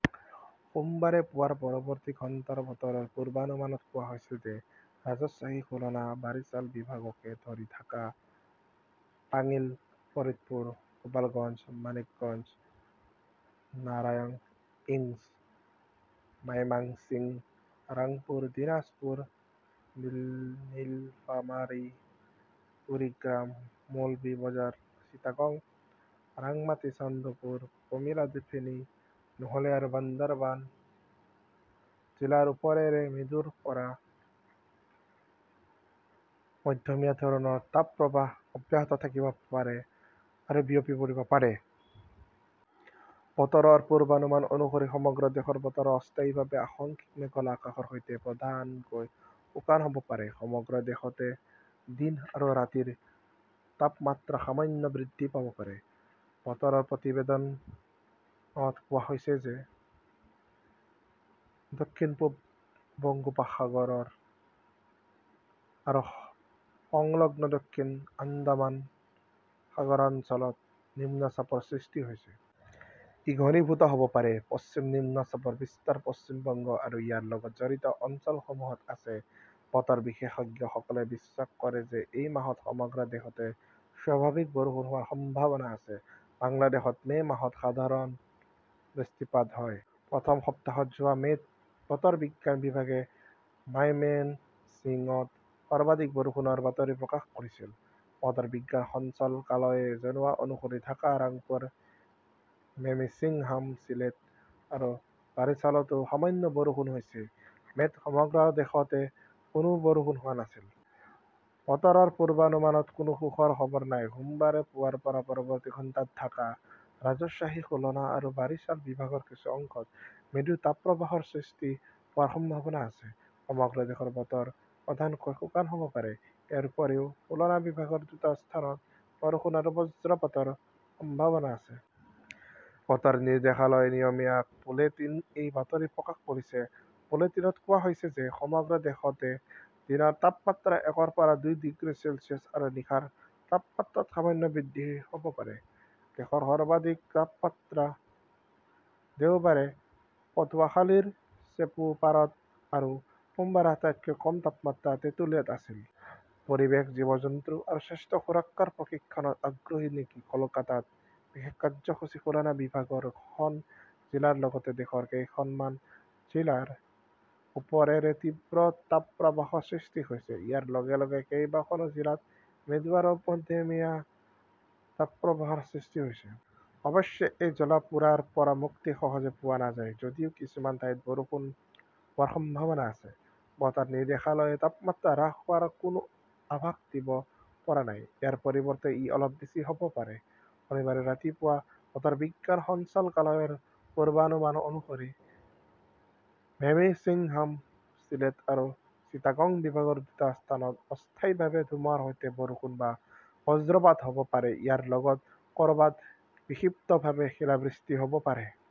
সোমবাৰে পুৱাৰ পৰৱৰ্তী ঘণ্টাৰ বতৰৰ পূৰ্বানুমানত কোৱা হৈছিল যে ৰাজশ্বাহী, খুলনা, বাৰিছাল বিভাগকে ধৰি ঢাকা, তাংইল, ফৰিদপুৰ, গোপালগঞ্জ, মানিকগঞ্জ, নাৰাংইয়ংছ, মাইমাংইছিং, ৰাংপুৰ, দিনাজপুৰ, নীলফামাৰী, কুৰিগ্ৰাম, মৌলভি বজাৰ, চিটাগং, ৰাংমাটী, চান্দপুৰ, কমিলা, ফেনী, নোহলী আৰু বান্দাৰবান জিলাৰ ওপৰেৰে মৃদুৰ পৰা মধ্যমীয়া ধৰণৰ তাপপ্ৰৱাহ অব্যাহত থাকিব পাৰে আৰু বিয়পি পৰিব পাৰে। বতৰৰ পূৰ্বানুমান অনুসৰি সমগ্ৰ দেশৰ বতৰ অস্থায়ীভাৱে আংশিক মেঘলা আকাশৰ সৈতে প্ৰধানকৈ শুকান হ'ব পাৰে। সমগ্ৰ দেশতে দিন আৰু ৰাতিৰ তাপমাত্ৰা সামান্য বৃদ্ধি পাব পাৰে। বতৰৰ প্ৰতিবেদনত কোৱা হৈছে যে, দক্ষিণ-পূব বংগোপসাগৰ আৰু সংলগ্ন দক্ষিণ আন্দামান সাগৰ অঞ্চলত নিম্নচাপৰ সৃষ্টি হৈছে। ই ঘনীভূত হ'ব পাৰে। পশ্চিম নিম্নচাপৰ বিস্তাৰ পশ্চিম বংগ আৰু ইয়াৰ লগত জড়িত অঞ্চলসমূহত আছে। বতৰ বিশেষজ্ঞসকলে বিশ্বাস কৰে যে এই মাহত সমগ্ৰ দেশতে স্বাভাৱিক বৰষুণ হোৱাৰ সম্ভাৱনা আছে। বাংলাদেশত মে "মাহত সাধাৰণ বৃষ্টিপাত হয়। প্ৰথম সপ্তাহত, যোৱা মে 'ত, বতৰ বিজ্ঞান বিভাগে মাইমেনছিংত সৰ্বাধিক বৰষুণৰ বাতৰি প্ৰকাশ কৰিছিল। বতৰ বিজ্ঞান সঞ্চালকালয়ে জনোৱা অনুসৰি ঢাকা, ৰাংপুৰ, মেমিন্সিংহাম, চিলেট আৰু বাৰিচালতো সামান্য বৰষুণ হৈছে। মে 'ত সমগ্ৰ দেশতে কোনো বৰষুণ হোৱা নাছিল। বতৰৰ পূৰ্বানুমানত কোনো সুখৰ খবৰ নাই সোমবাৰে পুৱাৰ পৰা পৰৱৰ্তী ঘণ্টাত ঢাকা, ৰাজশ্বাহী, খুলনা আৰু বাৰিছাল বিভাগৰ কিছু অংশত মৃদু তাপপ্ৰৱাহৰ সৃষ্টি হোৱাৰ সম্ভাৱনা আছে। সমগ্ৰ দেশৰ বতৰ প্ৰধানকৈ শুকান হ'ব পাৰে। ইয়াৰ উপৰিও, খুলনা বিভাগৰ দুটা স্থানত বৰষুণ বা বজ্ৰপাতৰ সম্ভাৱনা আছে। বতৰ নিৰ্দেশালয়ে নিয়মীয়া বুলেটিনত এই বাতৰি প্ৰকাশ কৰিছে। বুলেটিনত কোৱা হৈছে যে, সমগ্ৰ দেশতে দিনৰ তাপমাত্ৰা একৰ পৰা দুই ডিগ্ৰী চেলছিয়াছ আৰু নিশাৰ তাপমাত্ৰাত সামান্য বৃদ্ধি হ'ব পাৰে। দেশৰ সৰ্বাধিক তাপমাত্ৰা দেওবাৰে পটুৱাখালীৰ চেপুপাৰাত আৰু সোমবাৰে আটাইতকৈ কম তাপমাত্ৰা টেটুলিয়াত আছিল। পৰিৱেশ, জীৱ-জন্তু আৰু স্বাস্থ্য সুৰক্ষাৰ প্ৰশিক্ষণত আগ্ৰহী নেকি? কলকাতাত বিশেষ কাৰ্যসূচী খুলনা বিভাগৰ খন জিলাৰ লগতে দেশৰ কেইখনমান জিলাৰ ওপৰেৰে তীব্ৰ তাপপ্ৰৱাহৰ সৃষ্টি হৈছে। ইয়াৰ লগে লগে কেইবাখনো জিলাত মৃদু আৰু মধ্যমীয়া তাপপ্ৰৱাহৰ সৃষ্টি হৈছে। অৱশ্যে, এই জ্বলা-পোৰাৰ পৰা মুক্তি সহজে পোৱা নাযায়। যদিও কিছুমান ঠাইত বৰষুণ হোৱাৰ সম্ভাৱনা আছে, বতৰ নিৰ্দেশালয়ে তাপমাত্ৰা হ্ৰাস হোৱাৰ কোনো আভাস দিব পৰা নাই; ইয়াৰ পৰিৱৰ্তে ই অলপ বেছি হ'ব পাৰে। শনিবাৰে ৰাতিপুৱা বতৰ বিজ্ঞান সঞ্চালকালয়ৰ পূৰ্বানুমান অনুসৰি, মেমিন্সিংহাম, ছিলেট আৰু চিটাগং বিভাগৰ দুটা স্থানত অস্থায়ীভাৱে ধুমুহাৰ সৈতে বৰষুণ বা বজ্ৰপাত হ 'ব পাৰে। ইয়াৰ লগত ক'ৰবাত বিক্ষিপ্তভাৱে শিলাবৃষ্টি হ'ব পাৰে।